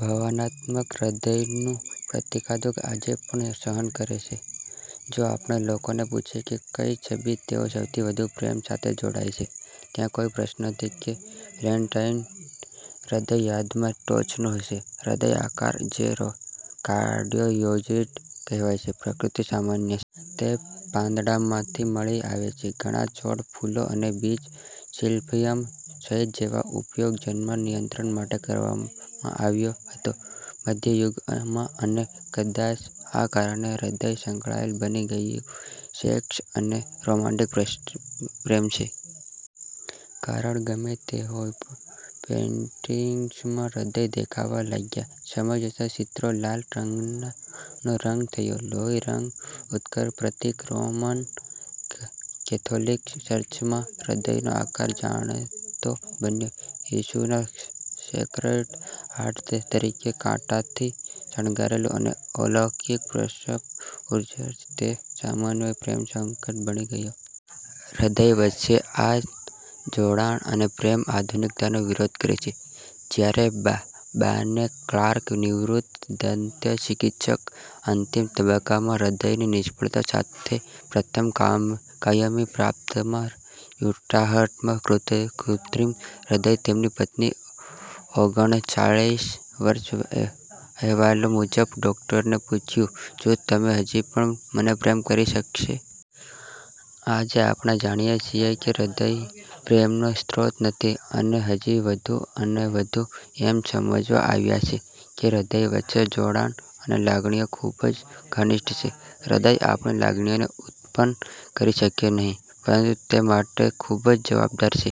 ભાવનાત્મક હૃદયનું પ્રતીકવાદ આજે પણ સહન કરે છે. જો આપણે લોકોને પૂછો કે કઈ છબી તેઓ સૌથી વધુ પ્રેમ સાથે જોડાય છે, ત્યાં કોઈ પ્રશ્ન નથી કે વેલેન્ટાઇન હૃદય યાદીમાં ટોચનું હશે. હૃદય આકાર, જેને કાર્ડિયોઇડ કહેવાય છે, પ્રકૃતિમાં સામાન્ય છે. તે પાંદડામાંથી મળી આવે છે. ઘણા છોડના ફૂલો અને બીજ, સિલ્ફિયમ સહિત જેનો ઉપયોગ જન્મ નિયંત્રણ માટે કરવામાં આવ્યો હતો મધ્ય યુગમાં અને કદાચ આ કારણ છે હૃદય સંકળાયેલ બની ગયું સેક્સ અને રોમેન્ટિક પ્રેમ સાથે. કારણ ગમે તે હોય, પેઇન્ટિંગ્સમાં હૃદય દેખાવા લાગ્યા. સમય જતાં ચિત્રો લાલ રંગનો રંગ થયો, લોહીનો રંગ, ઉત્કટ પ્રતીક. રોમન કેથોલિક ચર્ચમાં હૃદયનો આકાર જાણીતો બન્યો ઈસુના સેક્રેડ હાર્ટ તરીકે. કાંટાથી શણગારેલું અને અલૌકિક પ્રકાશ ઉત્સર્જન, તે સન્યાસી પ્રેમનો સંકેત બની ગયો. હૃદય વચ્ચે આ જોડાણ અને પ્રેમ આધુનિકતાનો વિરોધ કરે છે. જ્યારે બાર્ને ક્લાર્ક, નિવૃત્ત દંતચિકિત્સક અંતિમ તબક્કામાં હૃદયની નિષ્ફળતા સાથે પ્રથમ કાયમી પ્રાપ્તમાં યુટાહમાં કૃત્રિમ હૃદય તેમની પત્ની ઓગણચાલીસ વર્ષ અહેવાલો મુજબ ડોકટરોને પૂછ્યું, "શું તે હજી પણ મને પ્રેમ કરી શકશે?" આજે આપણે જાણીએ છીએ કે હૃદય પ્રેમનો સ્ત્રોત નથી. અને હજી વધુ અને વધુ અમે સમજવા આવ્યા છે કે હૃદય વચ્ચે જોડાણ અને લાગણીઓ ખૂબ જ ઘનિષ્ઠ છે. હૃદય આપણી લાગણીઓને ઉત્પન્ન કરી શકે નહીં, પરંતુ તે તેમના માટે ખૂબ જ જવાબદાર છે.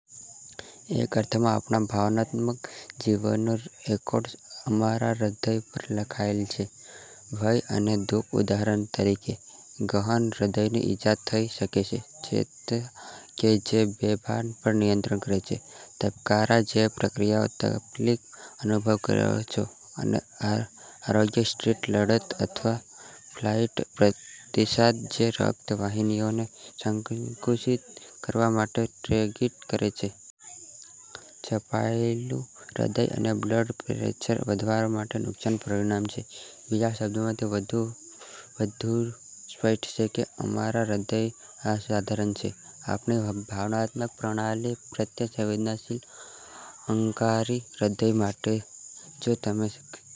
એક અર્થમાં આપણા ભાવનાત્મક જીવનનો રેકોર્ડ અમારા હૃદય પર લખાયેલ છે. ભય અને દુખ ઉદાહરણ તરીકે, ગહન હૃદયની ઇજા થઈ શકે છે. ચેતા કે જે બેભાન પર નિયંત્રણ કરે છે ધબકારા જેવી પ્રક્રિયાઓ તકલીફ અનુભવી શકો છો અને અયોગ્ય ટ્રીગર લડત અથવા ફ્લાઇટ પ્રતિસાદ જે રક્ત વાહિનીઓને સંકુચિત કરવા માટે ટ્રિગર કરે છે. સપડાયેલું હૃદય અને બ્લડ પ્રેશર વધવા માટે નુકસાન પરિણમે છે. બીજા શબ્દોમાં તે વધુને વધુ સ્પષ્ટ છે કે અમારા હૃદય અસાધારણ છે. આપણી ભાવનાત્મક પ્રણાલી પ્રત્યે સંવેદનશીલ, અલંકારિક હૃદય માટે જો તમે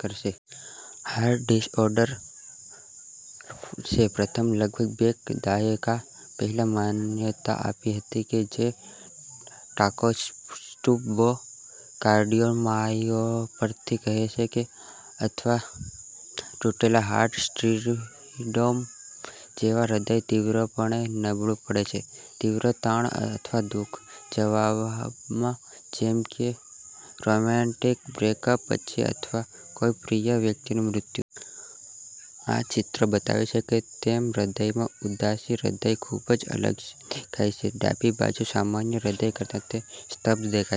કરશે. હાર્ટ ડિસઓર્ડર છે પ્રથમ લગભગ બે દાયકા પહેલા માન્યતા આપી હતી જેને "ટાકોત્સુબો કાર્ડિયોમાયોપથી" કહે છે અથવા "તૂટેલા હાર્ટ સિન્ડ્રોમ" જેમાં હૃદય તીવ્રપણે નબળું પડે છે. તીવ્ર તાણ અથવા દુખના જવાબમાં જેમ કે રોમેન્ટિક બ્રેકઅપ પછી અથવા કોઈ પ્રિય વ્યક્તિનું મૃત્યુ. આ ચિત્રો બતાવે છે તેમ મધ્યમાં ઉદાસી હૃદય ખૂબ જ અલગ દેખાય છે ડાબી બાજુ સામાન્ય હૃદય કરતાં. તે સ્તબ્ધ દેખાય છે.